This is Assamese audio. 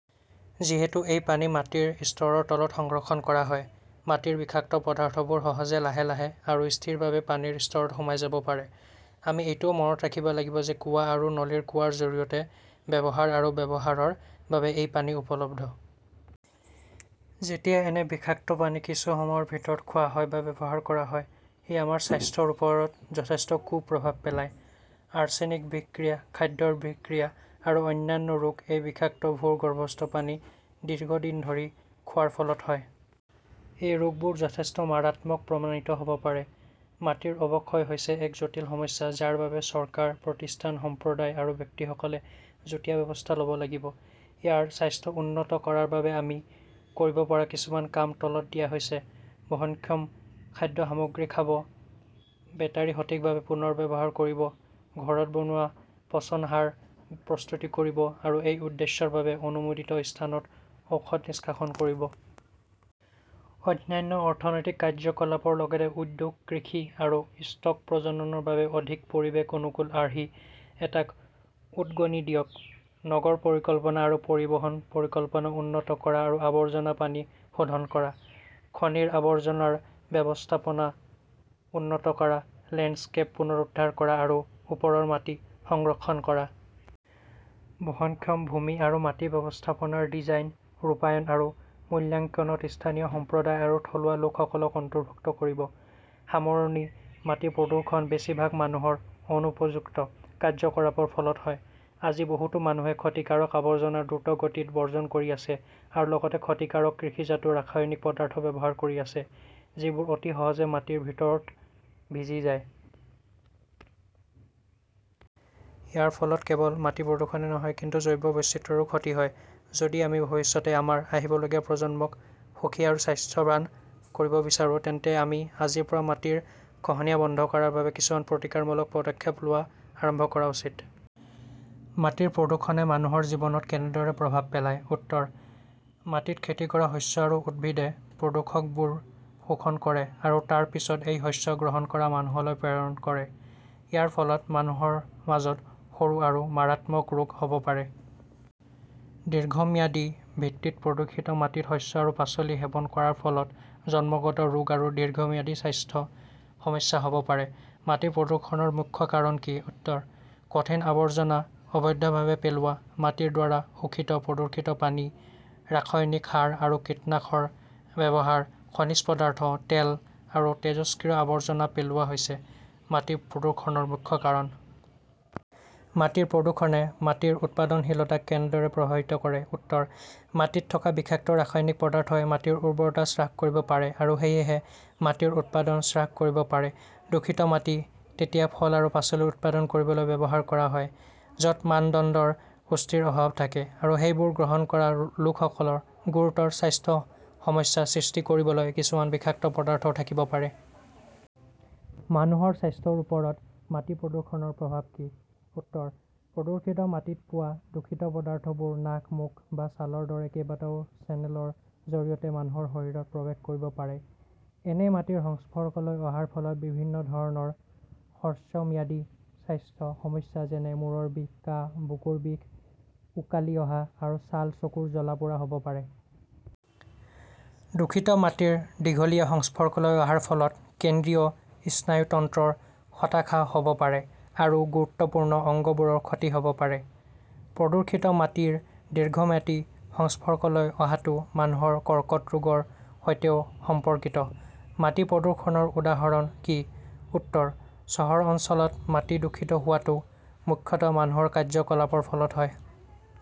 যিহেতু এই পানী মাটিৰ স্তৰৰ তলত সংৰক্ষণ কৰা হয়, মাটিৰ বিষাক্ত পদাৰ্থবোৰ সহজে লাহে লাহে আৰু স্থিৰভাৱে পানীৰ স্তৰত সোমাই যাব পাৰে। আমি এইটোও মনত ৰাখিব লাগিব যে কুঁৱা আৰু নলীৰ কুঁৱাৰ জৰিয়তে ব্যৱহাৰ আৰু ব্যৱহাৰৰ বাবে এইপানী উপলব্ধ। যেতিয়া এনে বিষাক্ত পানী কিছু সময়ৰ ভিতৰত খোৱা হয় বা ব্যৱহাৰ কৰা হয়, ই আমাৰ স্বাস্থ্যৰ ওপৰত যথেষ্ট কুপ্ৰভাৱ পেলায়। আৰ্চেনিক বিষক্ৰিয়া, খাদ্যৰ বিষক্ৰিয়া আৰু অন্যান্য ৰোগ এই বিষাক্ত ভূগৰ্ভস্থ পানী দীৰ্ঘদিন ধৰি খোৱাৰ ফলত হয়। এই ৰোগবোৰ যথেষ্ট মাৰাত্মক প্ৰমাণিত হ'ব পাৰে। মাটিৰ অৱক্ষয় হৈছে এক জটিল সমস্যা যাৰ বাবে চৰকাৰ, প্ৰতিষ্ঠান, সম্প্ৰদায় আৰু ব্যক্তিসকলে যুটীয়া ব্যৱস্থা ল'ব লাগিব। ইয়াৰ স্বাস্থ্য উন্নত কৰাৰ বাবে আমি কৰিব পৰা কিছুমান কাম তলত দিয়া হৈছে: বহনক্ষম খাদ্য সামগ্ৰী খাব, বেটাৰি সঠিকভাৱে পুনৰ ব্যৱহাৰ কৰিব, ঘৰত বনোৱা পচন সাৰ প্ৰস্তুত কৰিব আৰু এই উদ্দেশ্যৰ বাবে অনুমোদিত স্থানত ঔষধ নিষ্কাশন কৰিব। অনান্য অৰ্থনৈতিক কাৰ্যকলাপৰ লগতে উদ্যোগ, কৃষি আৰু ষ্টক প্ৰজননৰ বাবে অধিক পৰিৱেশ-অনুকূল আৰ্হি এটাক উদগনি দিয়ক। নগৰ পৰিকল্পনা আৰু পৰিবহন পৰিকল্পনা উন্নত কৰা আৰু আৱৰ্জনা পানী শোধন কৰা। খনিৰ আৱৰ্জনাৰ ব্যৱস্থাপনা উন্নত কৰা, লেণ্ডস্কেপ পুনৰুদ্ধাৰ কৰা আৰু ওপৰৰ মাটি সংৰক্ষণ কৰা। বহনক্ষম ভূমি আৰু মাটি ব্যৱস্থাপনাৰ ডিজাইন, ৰূপায়ণ আৰু মূল্যাঙ্কনত স্থানীয় সম্প্ৰদায় আৰু থলুৱা লোকসকলক অন্তৰ্ভুক্ত কৰিব। সামৰণি মাটিপ্ৰদূষণ বেছিভাগ মানুহৰ অনুপযুক্ত কাৰ্যকলাপৰ ফলত হয়। আজি, বহুতো মানুহে ক্ষতিকাৰক আৱৰ্জনা দ্ৰুতগতিত বৰ্জন কৰি আছে আৰু লগতে ক্ষতিকাৰক কৃষিজাত ৰাসায়নিক পদাৰ্থ ব্যৱহাৰ কৰি আছে যি বোৰ অতি সহজে মাটিৰ ভিতৰত ভিজি যায়। ইয়াৰ ফলত কেৱল মাটিপ্ৰদূষণেই নহয় কিন্তু জৈৱ বৈচিত্ৰ্যৰো ক্ষতি হয়। যদি আমি ভৱিষ্যতে আমাৰ আহিবলগীয়া প্ৰজন্মক সুখী আৰু স্বাস্থ্যৱান কৰিব বিচাৰো, তেন্তে আমি আজিৰ পৰা মাটিৰ খহনীয়া বন্ধ কৰাৰ বাবে কিছুমান প্ৰতিকাৰমূলক পদক্ষেপ লোৱা আৰম্ভ কৰা উচিত।. মাটিৰ প্ৰদূষণে মানুহৰ জীৱনত কেনেদৰে প্ৰভাৱ পেলায়? উত্তৰ: মাটিত খেতি কৰা শস্য আৰু উদ্ভিদে প্ৰদূষকবোৰ শোষণ কৰে আৰু তাৰ পিছত এই শস্য গ্ৰহণ কৰা মানুহলৈ প্ৰেৰণ কৰে। ইয়াৰ ফলত মানুহৰ মাজত সৰু আৰু মাৰাত্মক ৰোগ হ'ব পাৰে। দীৰ্ঘম্যাদী ভিত্তিত প্ৰদূষিত মাটিত শস্য আৰু পাচলি সেৱন কৰাৰ ফলত জন্মগত ৰোগ আৰু দীৰ্ঘম্যাদী স্বাস্থ্য সমস্যা হ'ব পাৰে।. মাটি প্ৰদূষণৰ মুখ্য কাৰণ কি? উত্তৰ: কঠিন আৱৰ্জনা অবৈধভাৱে পেলোৱা, মাটিৰ দ্বাৰা শোষিত প্ৰদূষিত পানী, ৰাসায়নিক সাৰ আৰু কীটনাশকৰ ব্যৱহাৰ, খনিজ পদাৰ্থ, তেল আৰু তেজস্ক্ৰিয় আৱৰ্জনা পেলোৱা হৈছে মাটি প্ৰদূষণৰ মুখ্য কাৰণ।. মাটিৰ প্ৰদূষণে মাটিৰ উৎপাদনশীলতাক কেনেদৰে প্ৰভাৱিত কৰে? উত্তৰ: মাটিত থকা বিষাক্ত ৰাসায়নিক পদাৰ্থই মাটিৰ উৰ্বৰতা হ্ৰাস কৰিব পাৰে আৰু সেয়েহে মাটিৰ উৎপাদন হ্ৰাস কৰিব পাৰে। দূষিত মাটি তেতিয়া ফল আৰু পাচলি উৎপাদন কৰিবলৈ ব্যৱহাৰ কৰা হয়, য'ত মানদণ্ডৰ পুষ্টিৰ অভাৱ থাকে আৰু সেইবোৰ গ্ৰহণ কৰা লোকসকলৰ গুৰুতৰ স্বাস্থ্য সমস্যা সৃষ্টি কৰিবলৈ কিছুমান বিষাক্ত পদাৰ্থ থাকিব পাৰে।. মানুহৰ স্বাস্থ্যৰ ওপৰত মাটি প্ৰদূষণৰ প্ৰভাৱ কি? উত্তৰ: প্ৰদূষিত মাটিত পোৱা দূষিত পদাৰ্থবোৰ নাক, মুখ বা ছালৰ দৰে কেইবাটাও চেনেলৰ জৰিয়তে মানুহৰ শৰীৰত প্ৰৱেশ কৰিব পাৰে। এনে মাটিৰ সংস্পৰ্শলৈ অহাৰ ফলত বিভিন্ন ধৰণৰ হ্ৰস্বম্যাদী স্বাস্থ্য সমস্যা যেনে মুৰৰ বিষ, কাহ, বুকুৰ বিষ, ওকালি অহা, আৰু ছাল/চকুৰ জ্বলা-পোৰা হ'ব পাৰে। দূষিত মাটিৰ দীঘলীয়া সংস্পৰ্শলৈ অহাৰ ফলত কেন্দ্ৰীয় স্নায়ুতন্ত্ৰৰ হতাশা হ'ব পাৰে আৰু গুৰুত্বপূৰ্ণ অঙ্গবোৰৰ ক্ষতি হ'ব পাৰে। প্ৰদূষিত মাটিৰ দীৰ্ঘম্যাদী সংস্পৰ্শলৈ অহাটো মানুহৰ কৰ্কট ৰোগৰ সৈতেও সম্পৰ্কিত।. মাটি প্ৰদূষণৰ উদাহৰণ কি? উত্তৰ: চহৰ অঞ্চলত, মাটি দূষিত হোৱাটো মুখ্যতঃ মানুহৰ কাৰ্যকলাপৰ ফলত হয়।